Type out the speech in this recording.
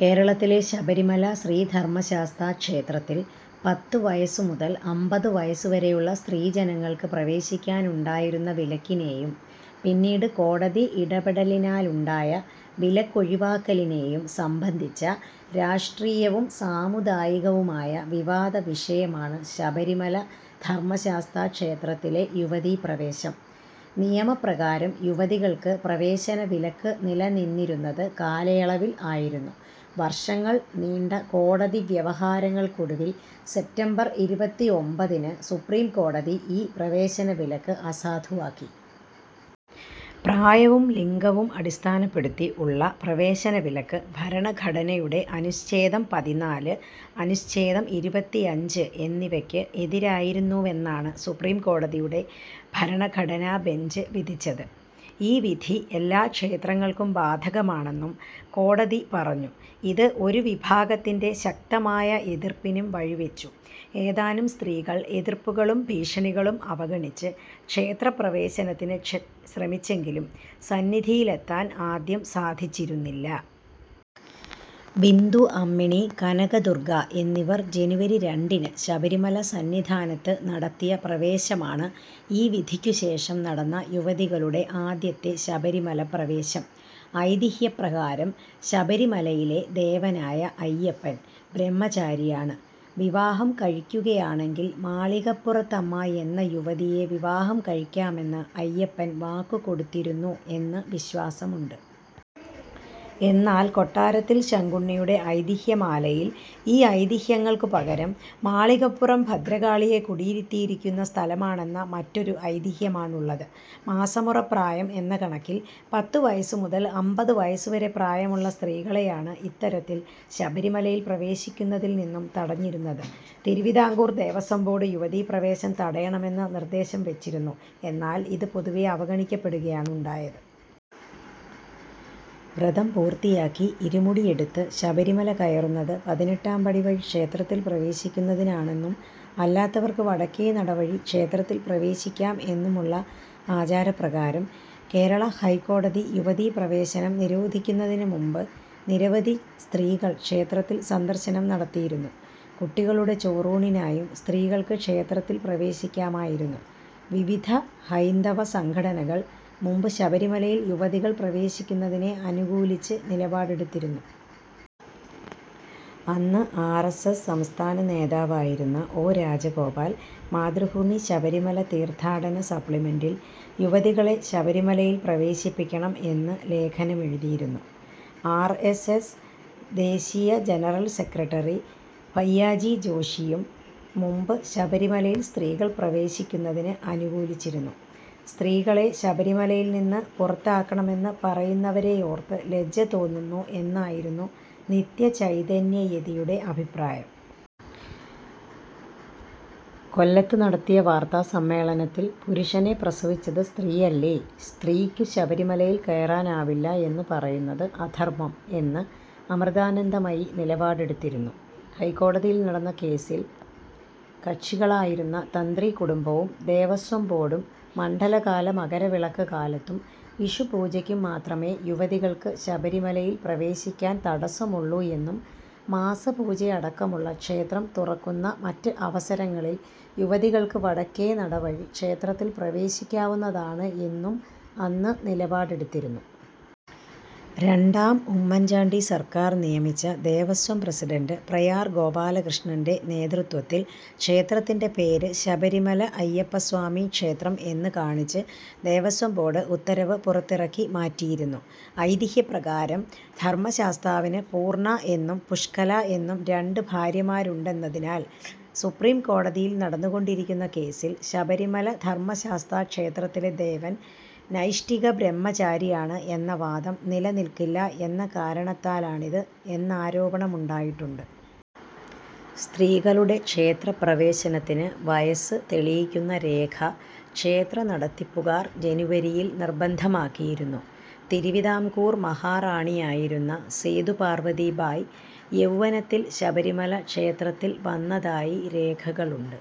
കേരളത്തിലെ ശബരിമല ശ്രീ ധർമ്മശാസ്താക്ഷേത്രത്തിൽ പത്ത് വയസ് മുതൽ അമ്പത് വയസ് വരെയുള്ള സ്ത്രീജനങ്ങൾക്ക് പ്രവേശിക്കാനുണ്ടായിരുന്ന വിലക്കിനേയും പിന്നീട് കോടതി ഇടപെടലിനാലുണ്ടായ വിലക്കൊഴിവാക്കലിനേയും സംബന്ധിച്ച രാഷ്ട്രീയവും സാമുദായികവുമായ വിവാദ വിഷയമാണ് ശബരിമല ധർമ്മശാസ്താ ക്ഷേത്രത്തിലെ യുവതീപ്രവേശം. നിയമപ്രകാരം യുവതികൾക്ക് പ്രവേശനവിലക്ക് നിലനിന്നിരുന്നത് കാലയളവിൽ ആയിരുന്നു. വർഷങ്ങൾ നീണ്ട കോടതി വ്യവഹാരങ്ങൾക്കൊടുവിൽ സെപ്റ്റംബർ ഇരുപത്തിഒമ്പതിന് സുപ്രീം കോടതി ഈ പ്രവേശനവിലക്ക് അസാധുവാക്കി. പ്രായവും ലിംഗവും അടിസ്ഥാനപ്പെടുത്തി ഉള്ള പ്രവേശനവിലക്ക് ഭരണഘടനയുടെ അനുച്ഛേദം പതിനാല്, അനുച്ഛേദം ഇരുപത്തിയഞ്ച് എന്നിവക്ക് എതിരായിരുന്നുവെന്നാണ് സുപ്രീം കോടതിയുടെ ഭരണഘടനാബെഞ്ച് വിധിച്ചത്. ഈ വിധി എല്ലാ ക്ഷേത്രങ്ങൾക്കും ബാധകമാണെന്നും കോടതി പറഞ്ഞു. ഇത് ഒരു വിഭാഗത്തിന്റെ ശക്തമായ എതിർപ്പിനും വഴിവെച്ചു. ഏതാനും സ്ത്രീകൾ എതിർപ്പുകളും ഭീഷണികളും അവഗണിച്ച് ക്ഷേത്രപ്രവേശനത്തിന് ശ്രമിച്ചെങ്കിലും സന്നിധിയിലെത്താൻ ആദ്യം സാധിച്ചിരുന്നില്ല. ബിന്ദു അമ്മിണി, കനകദുർഗ എന്നിവർ ജനുവരി രണ്ടിന് ശബരിമല സന്നിധാനത്ത് നടത്തിയ പ്രവേശമാണ്, ഈ വിധിക്കുശേഷം നടന്ന യുവതികളുടെ ആദ്യത്തെ ശബരിമലപ്രവേശം. ഐതിഹ്യപ്രകാരം ശബരിമലയിലെ ദേവനായ അയ്യപ്പൻ, ബ്രഹ്മചാരിയാണ്. വിവാഹം കഴിക്കുകയാണെങ്കിൽ മാളികപ്പുറത്തമ്മ എന്ന യുവതിയെ വിവാഹം കഴിക്കാമെന്ന് അയ്യപ്പൻ വാക്ക് കൊടുത്തിരുന്നു എന്ന് വിശ്വാസമുണ്ട്. എന്നാൽ കൊട്ടാരത്തിൽ ശങ്കുണ്ണിയുടെ ഐതിഹ്യമാലയിൽ ഈ ഐതിഹ്യങ്ങൾക്ക് പകരം, മാളികപ്പുറം ഭദ്രകാളിയെ കുടിയിരുത്തിയിരിക്കുന്ന സ്ഥലമാണെന്ന മറ്റൊരു ഐതിഹ്യമാണുള്ളത്. മാസമുറ പ്രായം എന്ന കണക്കിൽ പത്ത് വയസ് മുതൽ അമ്പത് വയസ് വരെ പ്രായമുള്ള സ്ത്രീകളെയാണ് ഇത്തരത്തിൽ ശബരിമലയിൽ പ്രവേശിക്കുന്നതിൽ നിന്നും തടഞ്ഞിരുന്നത്. തിരുവിതാംകൂർ ദേവസ്വം ബോർഡ് യുവതീ പ്രവേശം തടയണമെന്ന് നിർദ്ദേശം വെച്ചിരുന്നു, എന്നാൽ ഇത് പൊതുവേ അവഗണിക്കപ്പെടുകയാണുണ്ടായത്. വ്രതം പൂർത്തിയാക്കി ഇരുമുടി എടുത്ത് ശബരിമല കയറുന്നത് പതിനെട്ടാംപടി വഴി ക്ഷേത്രത്തിൽ പ്രവേശിക്കുന്നതിനാണെന്നും അല്ലാത്തവർക്ക് വടക്കേ നടവഴി ക്ഷേത്രത്തിൽ പ്രവേശിക്കാം എന്നുമുള്ള ആചാരപ്രകാരം, കേരള ഹൈക്കോടതി യുവതീപ്രവേശനം നിരോധിക്കുന്നതിന് മുമ്പ്, നിരവധി സ്ത്രീകൾ ക്ഷേത്രത്തിൽ സന്ദർശനം നടത്തിയിരുന്നു. കുട്ടികളുടെ ചോറൂണിനായും സ്ത്രീകൾക്ക് ക്ഷേത്രത്തിൽ പ്രവേശിക്കാമായിരുന്നു. വിവിധ ഹൈന്ദവസംഘടനകൾ മുമ്പ് ശബരിമലയിൽ യുവതികൾ പ്രവേശിക്കുന്നതിനെ അനുകൂലിച്ച് നിലപാടെടുത്തിരുന്നു. അന്ന് ആർ. എസ്. എസ്. സംസ്ഥാന നേതാവായിരുന്ന ഒ. രാജഗോപാൽ മാതൃഭൂമി ശബരിമല തീർത്ഥാടന സപ്ലിമെന്റിൽ യുവതികളെ ശബരിമലയിൽ പ്രവേശിപ്പിക്കണം എന്ന് ലേഖനമെഴുതിയിരുന്നു. ആർ. എസ്. എസ്. ദേശീയ ജനറൽ സെക്രട്ടറി ഭയ്യാജി ജോഷിയും മുമ്പ് ശബരിമലയിൽ സ്ത്രീകൾ പ്രവേശിക്കുന്നതിന് അനുകൂലിച്ചിരുന്നു. 'സ്ത്രീകളെ ശബരിമലയിൽ നിന്ന് പുറത്താക്കണമെന്ന് പറയുന്നവരെയോർത്ത് ലജ്ജ തോന്നുന്നു' എന്നായിരുന്നു നിത്യചൈതന്യയെതിയുടെ അഭിപ്രായം. കൊല്ലത്ത് നടത്തിയ വാർത്താസമ്മേളനത്തിൽ 'പുരുഷനെ പ്രസവിച്ചത് സ്ത്രീയല്ലേ, സ്ത്രീക്കു ശബരിമലയിൽ കയറാനാവില്ല എന്നു പറയുന്നത് അധർമ്മം' എന്ന് അമൃതാനന്ദമയി നിലപാടെടുത്തിരുന്നു. ഹൈക്കോടതിയിൽ നടന്ന കേസിൽ കക്ഷികളായിരുന്ന തന്ത്രികുടുംബവും ദേവസ്വം ബോർഡും മണ്ഡലകാല മകരവിളക്ക് കാലത്തും വിഷുപൂജയ്ക്കും മാത്രമേ യുവതികൾക്ക് ശബരിമലയിൽ പ്രവേശിക്കാൻ തടസ്സമുള്ളു എന്നും മാസപൂജയടക്കമുള്ള, ക്ഷേത്രം തുറക്കുന്ന, മറ്റ് അവസരങ്ങളിൽ യുവതികൾക്ക് വടക്കേനട വഴി ക്ഷേത്രത്തിൽ പ്രവേശിക്കാവുന്നതാണ് എന്നും അന്ന് നിലപാടെടുത്തിരുന്നു. രണ്ടാം ഉമ്മൻ ചാണ്ടി സർക്കാർ നിയമിച്ച ദേവസ്വം പ്രസിഡന്റ് പ്രയാർ ഗോപാലകൃഷ്ണന്റെ നേതൃത്വത്തിൽ ക്ഷേത്രത്തിന്റെ പേര് ശബരിമല അയ്യപ്പസ്വാമി ക്ഷേത്രം എന്ന് കാണിച്ച് ദേവസ്വം ബോർഡ് ഉത്തരവ് പുറത്തിറക്കി മാറ്റിയിരുന്നു. ഐതിഹ്യപ്രകാരം ധർമ്മശാസ്താവിന് പൂർണ്ണ എന്നും പുഷ്കല എന്നും രണ്ട് ഭാര്യമാരുണ്ടെന്നതിനാൽ, സുപ്രീം കോടതിയിൽ നടന്നുകൊണ്ടിരിക്കുന്ന കേസിൽ, ശബരിമല ധർമ്മശാസ്താക്ഷേത്രത്തിലെ ദേവൻ നൈഷ്ഠിക ബ്രഹ്മചാരി ആണ് എന്ന വാദം നിലനിൽക്കില്ല എന്ന കാരണത്താലാണിത് എന്നാരോപണമുണ്ടായിട്ടുണ്ട്. സ്ത്രീകളുടെ ക്ഷേത്രപ്രവേശനത്തിന് വയസ്സ് തെളിയിക്കുന്ന രേഖ ക്ഷേത്രനടത്തിപ്പുകാർ ജനുവരിയിൽ നിർബന്ധമാക്കിയിരുന്നു. തിരുവിതാംകൂർ മഹാറാണിയായിരുന്ന സേതു പാർവ്വതി ബായ്, യൗവനത്തിൽ ശബരിമല ക്ഷേത്രത്തിൽ വന്നതായി രേഖകളുണ്ട്.